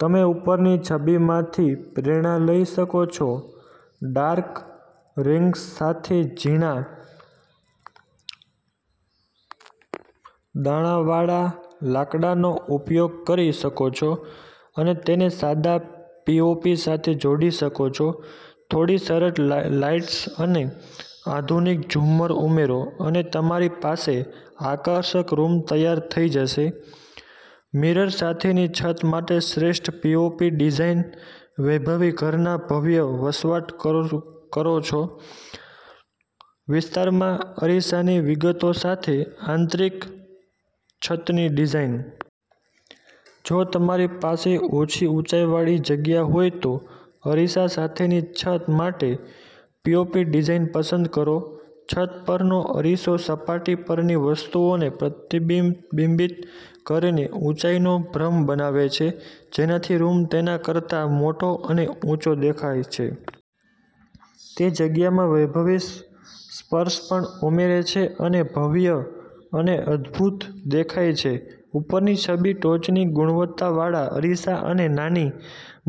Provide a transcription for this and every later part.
તમે ઉપરની છબીમાંથી પ્રેરણા લઈ શકો છો, ડાર્ક રિંગ્સ સાથે ઝીણા દાણાવાળા લાકડાનો ઉપયોગ કરી શકો છો અને તેને સાદા પીઓપી સાથે જોડી શકો છો. થોડી સરળ લાઇટ્સ અને આધુનિક ઝુમ્મર ઉમેરો, અને તમારી પાસે આકર્ષક રૂમ તૈયાર થઈ જશે મિરર સાથેની છત માટે શ્રેષ્ઠ પીઓપી ડિઝાઇન વૈભવી ઘરના ભવ્ય વસવાટ કરો છો વિસ્તારમાં અરીસાની વિગતો સાથે આંતરિક છતની ડિઝાઇન. જો તમારી પાસે ઓછી ઊંચાઈવાળી જગ્યા હોય, તો અરીસા સાથેની છત માટે પીઓપી ડિઝાઇન પસંદ કરો. છત પરનો અરીસો સપાટી પરની વસ્તુઓને પ્રતિબિંબિત કરીને ઊંચાઈનો ભ્રમ બનાવે છે, જેનાથી રૂમ તેના કરતા મોટો અને ઊંચો દેખાય છે. તે જગ્યામાં વૈભવી સ્પર્શ પણ ઉમેરે છે અને ભવ્ય અને અદભૂત દેખાય છે. ઉપરની છબી ટોચની ગુણવત્તાવાળા અરીસા અને નાની,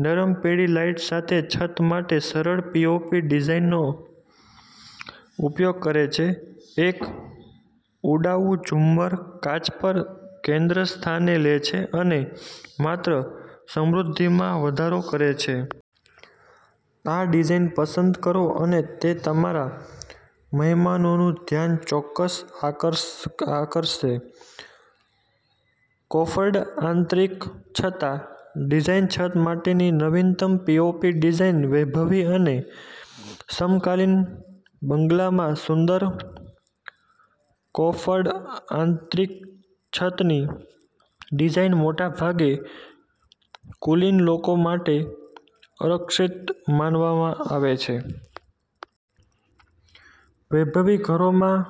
નરમ પીળી લાઇટ સાથે છત માટે સરળ પીઓપી ડિઝાઇનનો ઉપયોગ કરે છે. એક ઉડાઉ ઝુમ્મર કાચ પર કેન્દ્રસ્થાને લે છે અને માત્ર સમૃદ્ધિમાં વધારો કરે છે. આ ડિઝાઇન પસંદ કરો અને તે તમારા મહેમાનોનું ધ્યાન ચોક્કસ આકર્ષશે. કોફર્ડ આંતરિક છત ડિઝાઇન, છત માટેની નવીનતમ પીઓપી ડિઝાઇન વૈભવી અને સમકાલીન બંગલામાં સુંદર કોફર્ડ આંતરિક છતની ડિઝાઇન મોટાભાગે કુલીન લોકો માટે આરક્ષિત માનવામાં આવે છે. વૈભવી ઘરોમાં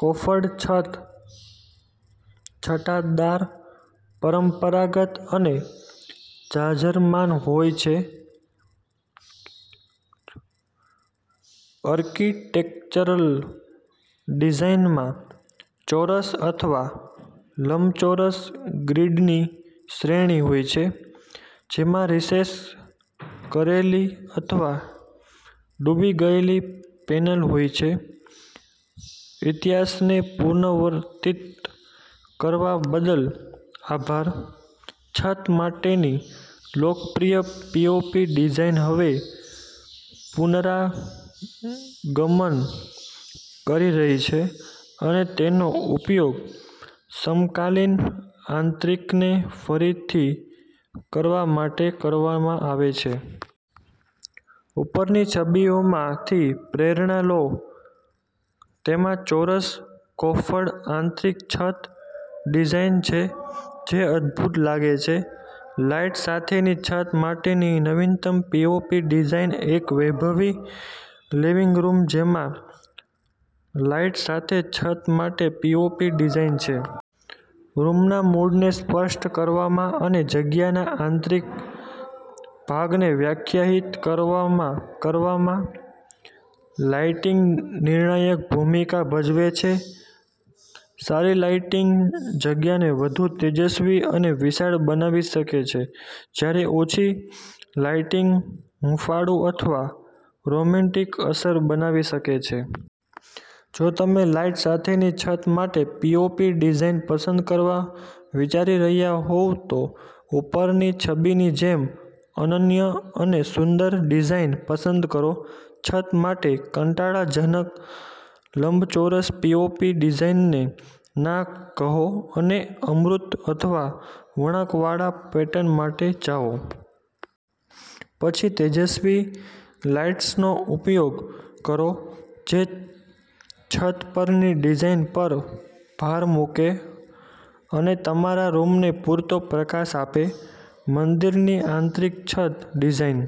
કોફર્ડ છત છટાદાર, પરંપરાગત અને જાજરમાન હોય છે. આર્કિટેક્ચરલ ડિઝાઇનમાં ચોરસ અથવા લંબચોરસ ગ્રીડની શ્રેણી હોય છે, જેમાં રિસેસ કરેલી અથવા ડૂબી ગયેલી પેનલ હોય છે. ઇતિહાસને પુનરાવર્તિત કરવા બદલ આભાર, છત માટેની લોકપ્રિય પીઓપી ડિઝાઇન હવે પુનરાગમન કરી રહી છે અને તેનો ઉપયોગ સમકાલીન આંતરિકને ફરીથી કરવા માટે કરવામાં આવે છે. ઉપરની છબીમાંથી પ્રેરણા લો. તેમાં ચોરસ કોફર્ડ આંતરિક છત ડિઝાઇન છે, જે અદભૂત લાગે છે. લાઇટ સાથેની છત માટેની નવીનતમ પીઓપી ડિઝાઇન એક વૈભવી લિવિંગ રૂમ જેમાં લાઇટ સાથે છત માટે પીઓપી ડિઝાઇન છે. રૂમના મૂડને સ્પષ્ટ કરવામાં અને જગ્યાના આંતરિક ભાગને વ્યાખ્યાયિત કરવામાં લાઇટિંગ નિર્ણાયક ભૂમિકા ભજવે છે. સારી લાઇટિંગ જગ્યાને વધુ તેજસ્વી અને વિશાળ બનાવી શકે છે, જ્યારે ઓછી લાઇટિંગ હૂંફાળું અથવા રોમેન્ટિક અસર બનાવી શકે છે. જો તમે લાઇટ સાથેની છત માટે પીઓપી ડિઝાઇન પસંદ કરવાનું વિચારી રહ્યા હોવ, તો ઉપરની છબીની જેમ અનન્ય અને સુંદર ડિઝાઇન પસંદ કરો. છત માટે કંટાળાજનક લંબચોરસ પીઓપી ડિઝાઇનને ના કહો અને અમૂર્ત અથવા વળાંકવાળા પેટર્ન માટે જાઓ. પછી તેજસ્વી લાઇટ્સનો ઉપયોગ કરો જે છત પરની ડિઝાઇન પર ભાર મૂકે અને તમારા રૂમને પૂરતો પ્રકાશ આપે. મંદિરની આંતરિક છત ડિઝાઇન